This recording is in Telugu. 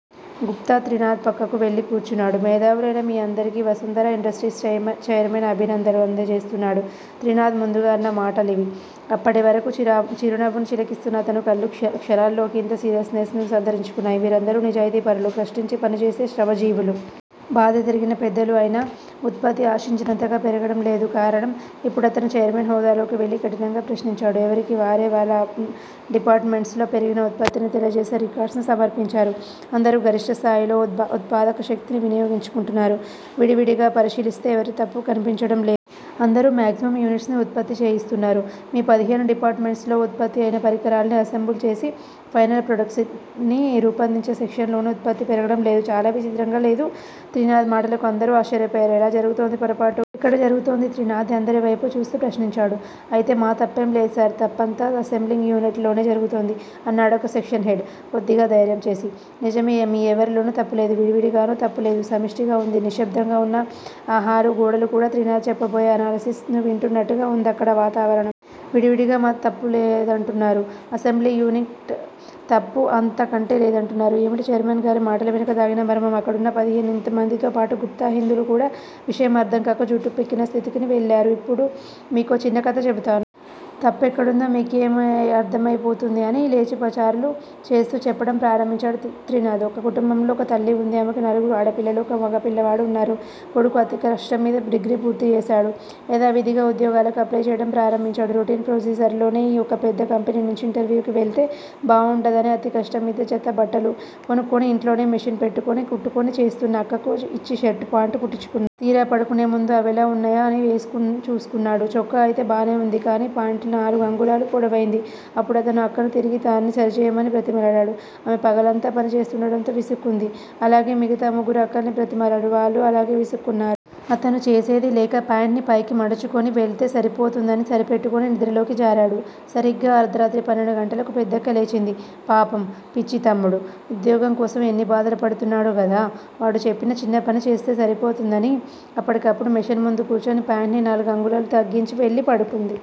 గుప్తా త్రినాధ్ పక్కకు వెళ్ళి కూర్చున్నాడు. మేధావులైన మీ అందరికీ వసుంధరా ఇండస్ట్రీస్ చైర్మెన్ అభినందనలు అందజేస్తున్నాడు త్రినాధ్ ముందుగా అన్న మాటలివి. అప్పటివరకూ చిరునవ్వును చిలికిస్తున్న అతని కళ్ళు క్షణాల్లోనే ఒకింత సీరియస్ నెస్ ను సంతరించుకున్నాయి. మీరందరూ నిజాయితీపరులు, కష్టించి పనిచేసే శ్రమజీవులు. బాధ్యతెరిగిన పెద్దలు. అయినా ఉత్పత్తి ఆశించినంతగా పెరగడం లేదు. కారణం? ఇప్పుడతను చైర్మన్ హోదాలోకి వెళ్ళి కఠినంగా ప్రశ్నించాడు. ఎవరికి వారే వాళ్ళ డిపార్టుమెంట్స్ లో పెరిగిన ఉత్పత్తిని తెలియజేసే రికార్డ్స్ ని సమర్పించారు. అందరూ గరిష్టస్థాయిలోనే ఉత్పాదక శక్తిని వినియోగించుకుంటున్నారు. విడివిడిగా పరిశీలిస్తే ఎవరి తప్పూ కనిపించడం లేదు. అందరూ మాగ్జిమమ్ యూనిట్స్ ని ఉత్పత్తి చేయిస్తున్నారు. మీ పదిహేను డిపార్ట్ మెంట్స్ లో ఉత్పత్తి అయిన పరికరాల్ని అసెంబుల్ చేసి ఫైనల్ ప్రోడక్ట్ ని రూపొందించే సెక్షన్ లోనే ఉత్పత్తి పెరగడంలేదు. చాలా చిత్రంగా లేదు? త్రినాధ్ మాటలకు అందరూ ఆశ్చర్యపోయారు. ఎలా జరుగుతోంది పొరపాటు? ఎక్కడ జరుగుతోంది? త్రినాధ్ అందరివైపూ చూస్తూ ప్రశ్నించాడు. అయితే మా తప్పేం లేదు సార్. తప్పంతా అసెంబ్లింగ్ యూనిట్ లోనే జరుగుతోంది అన్నాడొక సెక్షన్ హెడ్ కొద్దిగా ధైర్యం చేసి. నిజమే- మీ ఎవ్వరిలోనూ తప్పులేదు. విడివిడిగానూ తప్పు లేదు సమిష్టిగా వుంది నిశ్శబ్దంగా వున్న ఆ హాలు గోడలు కూడా త్రినాధ్ చెప్పబోయే అనాలసిస్ ను వింటున్నట్టుగా వుందక్కడ వాతావరణం. విడివిడిగా తమ తప్పు లేదంటున్నారు. అసెంబ్లింగ్ యూనిట్ తప్పు అంతకంటే లేదంటున్నారు. ఏమిటి చైర్మన్ గారి మాటల వెనుక దాగిన మర్మం? అక్కడున్న పదిహేనుమందితోపాటు గుప్తా, హిందూలు కూడా విషయం అర్ధం కాక జుట్టు పీక్కునే స్థితికి వెళ్ళారు. ఇప్పుడు మీకో చిన్న కథ చెబుతాను. తప్పు ఎక్కడుందో మీకే అర్ధమయిపోతుంది అని లేచి పచార్లు చేస్తూ చెప్పడం ప్రారంభించాడు త్రినాధ్. ఒక కుటుంబంలో ఒక తల్లి వుంది. ఆమెకు నలుగురు ఆడపిల్లలు, ఒక మగపిల్లవాడు వున్నారు. కొడుకు అతికష్టంమీద డిగ్రీ పూర్తిచేశాడు. యధావిధిగా ఉద్యోగాలకు అప్లై చేయడం ప్రారంభించాడు. రొటీన్ ప్రొసీజర్ లోనే ఓ పెద్ద కంపెనీ నుంచి ఇంటర్వ్యూకి వెళ్తే బావుండదని అతికష్టంమీద జత బట్టలు కొనుక్కుని, ఇంట్లోనే మెషిన్ పెట్టుకుని కుట్టుకుని చేస్తున్న అక్కకు ఇచ్చి షర్ట్, పాంట్ కుట్టించుకున్నాడు. తీరా పడుకునేముందు అవెలా వున్నాయో అని వేసుకు చూసుకున్నాడు. చొక్కా అయితే బానే వుంది. కాని, పాంట్ నాలుగంగుళాలు పొడవైంది. అప్పుడతను అక్కను తిరిగి దాన్ని సరిచేయమని బ్రతిమిలాడాడు. ఆమె పగలంతా పని చేస్తుండడంతో విసుక్కుంది. అలాగే మిగతా ముగ్గురు అక్కల్ని బ్రతిమిలాడాడు. వాళ్ళూ అలాగే విసుక్కున్నారు. అతను చేసేదిలేక పాంట్ ని పైకి మడుచుకుని వెళితే సరిపోతుందని సరిపెట్టుకుని నిద్రలోకి జారాడు. సరీగ్గా అర్దరాత్రి పన్నెండు గంటలకు పెద్దక్క లేచింది. పాపం! పిచ్చి తమ్ముడు, ఉద్యోగం కోసం ఎన్ని బాధలు పడుతున్నాడో గదా వాడు చెప్పిన చిన్న పని చేస్తే సరిపోతుందని అప్పటికప్పుడు మెషిన్ ముందు కూర్చుని పాంట్ ని నాలుగంగుళాలు తగ్గించి వెళ్ళి పడుకుంది.